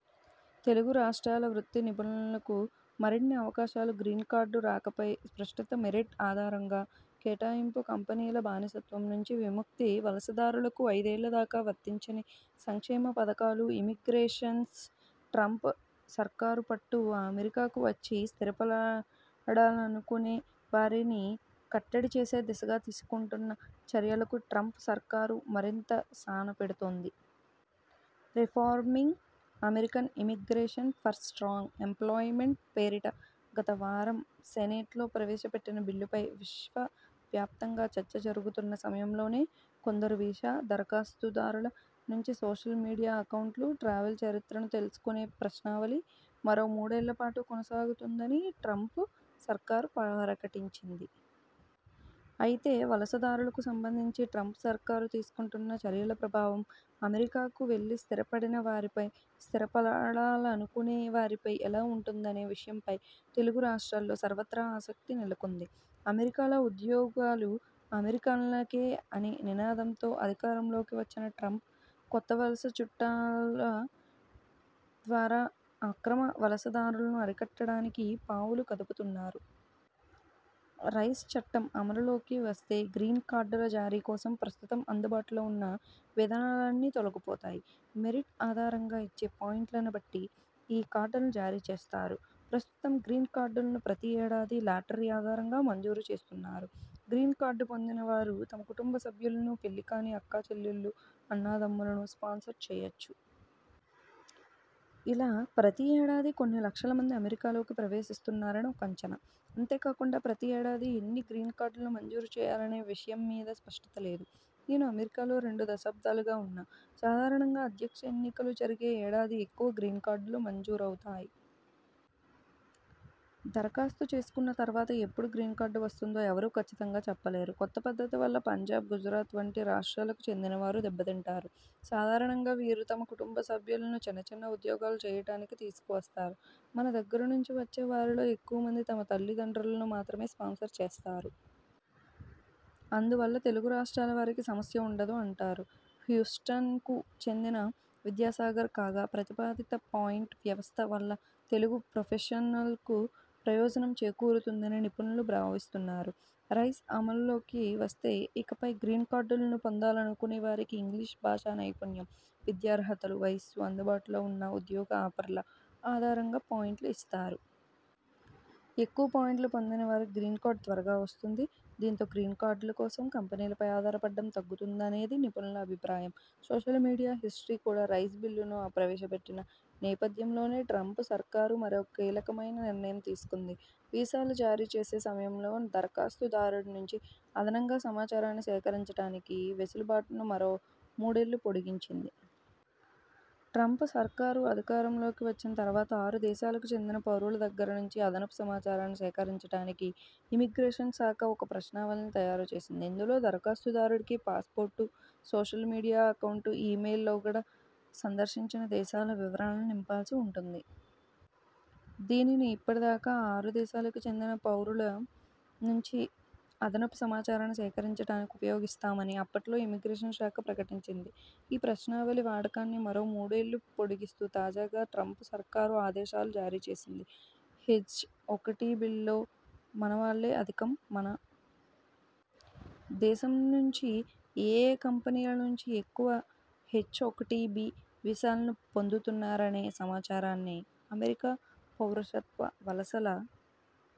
తెలుగు రాష్ట్రాల వృత్తి నిపుణులకు మరిన్ని అవకాశాలు గ్రీన్కార్డు రాకపై స్పష్టత మెరిట్ ఆధారంగా కేటాయింపు కంపెనీల బానిసత్వం నుంచి విముక్తి వలసదారులకు ఐదేళ్ల దాకా వర్తించని సంక్షేమ పథకాలు ఇమిగ్రేషన్పై ట్రంప్ సర్కారు పట్టు అమెరికాకు వచ్చి స్థిరపడాలనుకొనే వారిని కట్టడి చేసే దిశగా తీసుకుంటున్న చర్యలకు ట్రంప్ సర్కారు మరింత సాన పెడుతోంది. Reforming American immigration for strong employment పేరిట గత వారం సెనేట్లో ప్రవేశపెట్టిన బిల్లుపై విశ్వవ్యాప్తంగా చర్చ జరుగుతున్న సమయంలోనే కొందరు వీసా దరఖాస్తుదారుల నుంచి సోషల్ మీడియా అకౌంట్లు, ట్రావెల్ చరిత్రను తెలుసుకొనే ప్రశ్నావళి మరో మూడేళ్ల పాటు కొనసాగుతుందని ట్రంప్ సర్కారు ప్రకటించింది. అయితే, వలస దారులకు సంబంధించి ట్రంప్ సర్కారు తీసుకుంటున్న చర్యల ప్రభావం అమెరికాకు వెళ్లి స్థిర పడిన వారిపై, స్థిరపడాలనుకొనే వారిపై ఎలా ఉంటుందనే విషయంపై తెలుగు రాష్ట్రాల్లో సర్వత్రా ఆసక్తి నెలకొంది. అమెరికాలో ఉద్యోగాలు అమెరికన్లకే అనే నినాదంతో అధికారంలోకి వచ్చిన ట్రంప్ కొత్త వలస చట్టాల ద్వారా అక్రమ వలసదారులను అరికట్టడానికి పావులు కదుపుతున్నారు. రైజ్ చట్టం అమలులోకి వస్తే గ్రీన్కార్డుల జారీ కోసం ప్రస్తుతం అందుబాటులో ఉన్న విధానాలన్నీ తొలగిపోతాయి. మెరిట్ ఆధారంగా ఇచ్చే పాయింట్లను బట్టి ఈ కార్డులను జారీ చేస్తారు. ప్రస్తుతం గ్రీన్కార్డులను ప్రతి ఏడాది లాటరీ ఆధారంగా మంజూరు చేస్తున్నారు. గ్రీన్కార్డు పొందిన వారు తమ కుటుంబ సభ్యులను, పెళ్లి కాని అక్కా చెల్లెళ్లు, అన్నదమ్ములను స్పాన్సర్ చేయొచ్చు. ఇలా ప్రతి ఏడాది కొన్ని లక్షల మంది అమెరికాలోకి ప్రవేశిస్తున్నారని ఒక అంచనా. అంతే కాకుండా ప్రతి ఏడాది ఎన్ని గ్రీన్కార్డులను మంజూరు చేయాలనే విషయమ్మీద స్పష్టత లేదు. నేను అమెరికాలో రెండు దశాబ్దాలుగా ఉన్నా. సాధారణంగా అధ్యక్ష ఎన్నికలు జరిగే ఏడాది ఎక్కువ గ్రీన్కార్డులు మంజూరవుతాయి. దరఖాస్తు చేసుకున్న తర్వాత ఎప్పుడు గ్రీన్కార్డు వస్తుందో ఎవరూ కచ్చితంగా చెప్పలేరు. కొత్త పద్ధతి వల్ల పంజాబ్, గుజరాత్ వంటి రాష్ట్రాలకు చెందిన వారు దెబ్బతింటారు. సాధారణంగా వీరు తమ కుటుంబ సభ్యులను చిన్నచిన్న ఉద్యోగాలు చేయటానికి తీసుకు వస్తారు. మన దగ్గర నుంచి వచ్చే వారిలో ఎక్కువ మంది తమ తల్లి దండ్రులను మాత్రమే స్పాన్సర్ చేస్తారు. అందు వల్ల తెలుగు రాష్ట్రాల వారికి సమస్య ఉండదు అంటారు హ్యూస్టన్కు చెందిన విద్యాసాగర్. కాగా, ప్రతిపాదిత పాయింట్ వ్యవస్థ వల్ల తెలుగు ప్రొఫెషనల్స్కు ప్రయోజనం చేకూరుతుందని నిపుణులు భావిస్తున్నారు. రైజ్ అమలు లోకి వస్తే ఇకపై గ్రీన్కార్డులు పొందాలనుకొనేవారికి ఇంగ్లిషు భాషానైపుణ్యం, విద్యార్హతలు, వయస్సు, అందుబాటులో ఉన్న ఉద్యోగ ఆఫర్ల ఆధారంగా పాయింట్లు ఇస్తారు. ఎక్కువ పాయింట్లు పొందిన వారికి గ్రీన్కార్డు త్వరగా వస్తుంది. దీంతో గ్రీన్కార్డుల కోసం కంపెనీలపై ఆధారపడటం తగ్గుతుందనేది నిపుణుల అభిప్రాయం. సోషల్ మీడియా హిస్టరీ కూడా, రైజ్ బిల్లును ప్రవేశ పెట్టిన నేపథ్యంలోనే ట్రంప్ సర్కారు మరో కీలకమైన నిర్ణయం తీసుకుంది. వీసాల జారీ చేసే సమయంలో దరఖాస్తు దారుడి నుంచి అదనంగా సమాచారాన్ని సేకరించటానికి వెసులు బాటును మరో మూడేళ్లు పొడిగించింది. ట్రంప్ సర్కారు అధికారం లోకి వచ్చిన తర్వాత ఆరు దేశాలకు చెందిన పౌరుల దగ్గర నుంచి అదనపు సమాచారాన్ని సేకరించటానికి ఇమిగ్రేషన్ శాఖ ఒక ప్రశ్నావళిని తయారు చేసింది. ఇందులో దరఖాస్తు దారుడికి passport, social media account, email, లోగడ సందర్శించిన దేశాల వివరాలను నింపాల్సి ఉంటుంది. దీనిని ఇప్పటి దాకా ఆ ఆరు దేశాలకు చెందిన పౌరుల నుంచి అదనపు సమాచారాన్ని సేకరించటానికి ఉపయోగిస్తామని అప్పట్లో ఇమిగ్రేషన్ శాఖ ప్రకటించింది. ఈ ప్రశ్నావళి వాడకాన్ని మరో మూడేళ్లు పొడిగిస్తూ తాజాగా ట్రంప్ సర్కారు ఆదేశాలు జారీ చేసింది. హెచ్ఒకటిబీల్లో మనవాళ్లే అధికం మన దేశం నుంచి ఏయే కంపెనీల నుంచి ఎక్కువ హెచ్ఒకటిబీ వీసాలను పొందుతున్నారనే సమాచారాన్ని అమెరికా పౌరసత్వ వలసల